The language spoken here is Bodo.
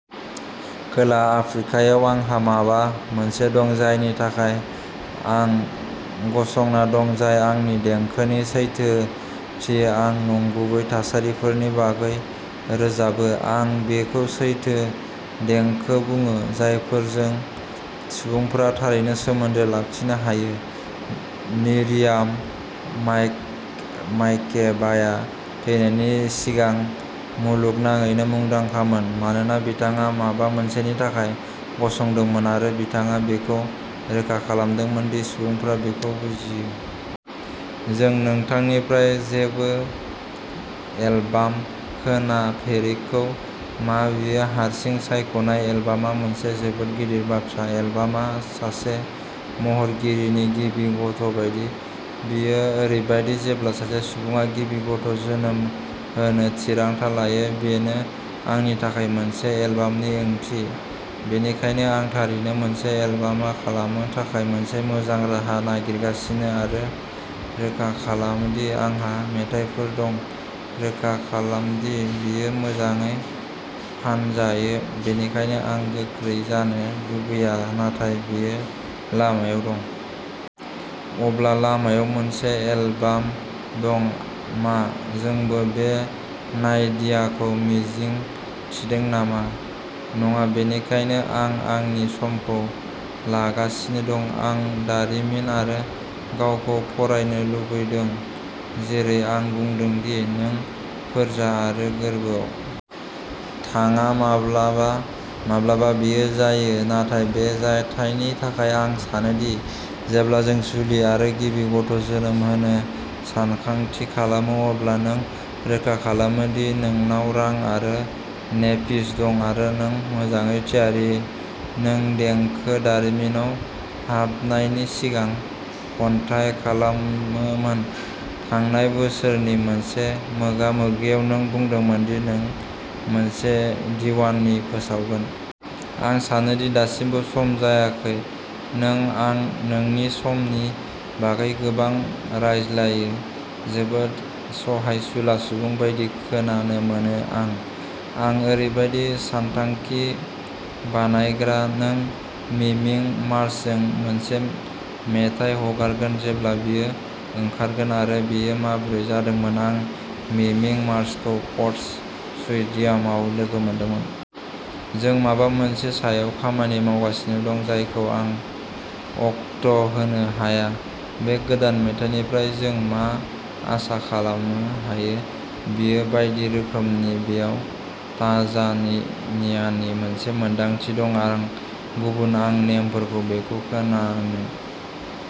खोला आफ्रिकायाव आंहा माबा मोनसे दं जायनि थाखाय आं गसंना दं जाय आंनि देंखोनि सैथोथि आं नंगुबै थासारिफोरनि बागै रोजाबो आं बेखौ'सैथो देंखो बुङो जायफोरजों सुबुंफोरा थारैनो सोमोन्दो लाखिनो हायो मिरियाम माय माकेबाया थैनायनि सिगां मुलुगनाङैनो मुंदांखामोन मानोना बिथाङा माबा मोनसेनि थाखाय गसंदोंमोन आरो बिथाङा बेखौ रोखा खालामदोंमोन दि सुबुंफोरा बेखौ बुजियो। जों नोंथांनिफ्राय जेबो एलबाम खोनाफेराखै मा बेयो हारसिं सायख'नाय एलबामआ मोनसे जोबोद गिदिर बाथ्रा एलबामआ सासे महरगिरिनि गिबि गथ'बायदि बेयो ओरैबायदि जेब्ला सासे सुबुङा गिबि गथ'जोनोम होनो थिरांथा लायो बेनो आंनि थाखाय मोनसे एलबामनि ओंथि बेनिखायनो आं थारैनो मोनसे एलबाम खालामनो थाखाय मोनसे मोजां राहा नागिरगासिनो आरो रोखा खालाम दि आंहा मेथाइफोर दं रोखा खालाम दि बेयो मोजाङै फानजायो बेनिखायनो आं गोख्रै जानो लुबैया नाथाय बेयो लामायाव दं। अब्ला लामायाव मोनसे एलबाम दं मा जोंबो बे नायदियाखौ मिजिं थिदों नामा नङा बेनिखायनो आं आंनि समखौ लागासिनो दं आं दारिमिन आरो गावखौ फरायनो लुबैदों जेरै आं बुंदोंमोन दि नों फोरजा आरो गोर्बोआव थाङा माब्लाबा माब्लाबा बेयो जायो नाथाय बे जाथायनि थाखाय आं सानो दि जेब्ला जों जुलि आरो गिबि गथ'जोनोम होनो सानथांखि खालामो अब्ला नों रोखा खालामो दि नोंनाव रां आरो नेपिस दं आरो नों मोजाङै थियारि नों देंखो दारिमिनाव हाबनायनि सिगां खन्थाइ खालामोमोन थांनाय बोसोरनि मोनसे मोगा-मोगियाव नों बुंदोंमोन दि नों मोनसे दिवानी फोसावगोन। आं सानो दि दासिमबो सम जायाखै नों आं नोंनि समनि बागै गोबां रायज्लायो जोबोद सहायसुला सुबुं बायदि खोनानो मोनो आं। आं ओरैबायदि सानथांखि बानायग्रा नों मिमिं मार्सजों मोनसे मेथाइ हगारगोन जेब्ला बेयो ओंखारगोन आरो बेयो माबोरै जादोंमोन आं मिमि मार्सखौ क'क स्टुडिय'आव लोगो मोनदोंमोन। जों माबा मोनसे सायाव खामानि मावगासिनो दं जायखौ आं अक्ट'होनो हाया बे गोदान मेथाइनिफ्राय जों मा आसा खालामनो हायो बेयो बायदि रोखोमनि बेयाव ताजानि नियानि मोनसे मोनदांथि दं आं गुबुन आं नोंफोरखौ बेखौ खोनानो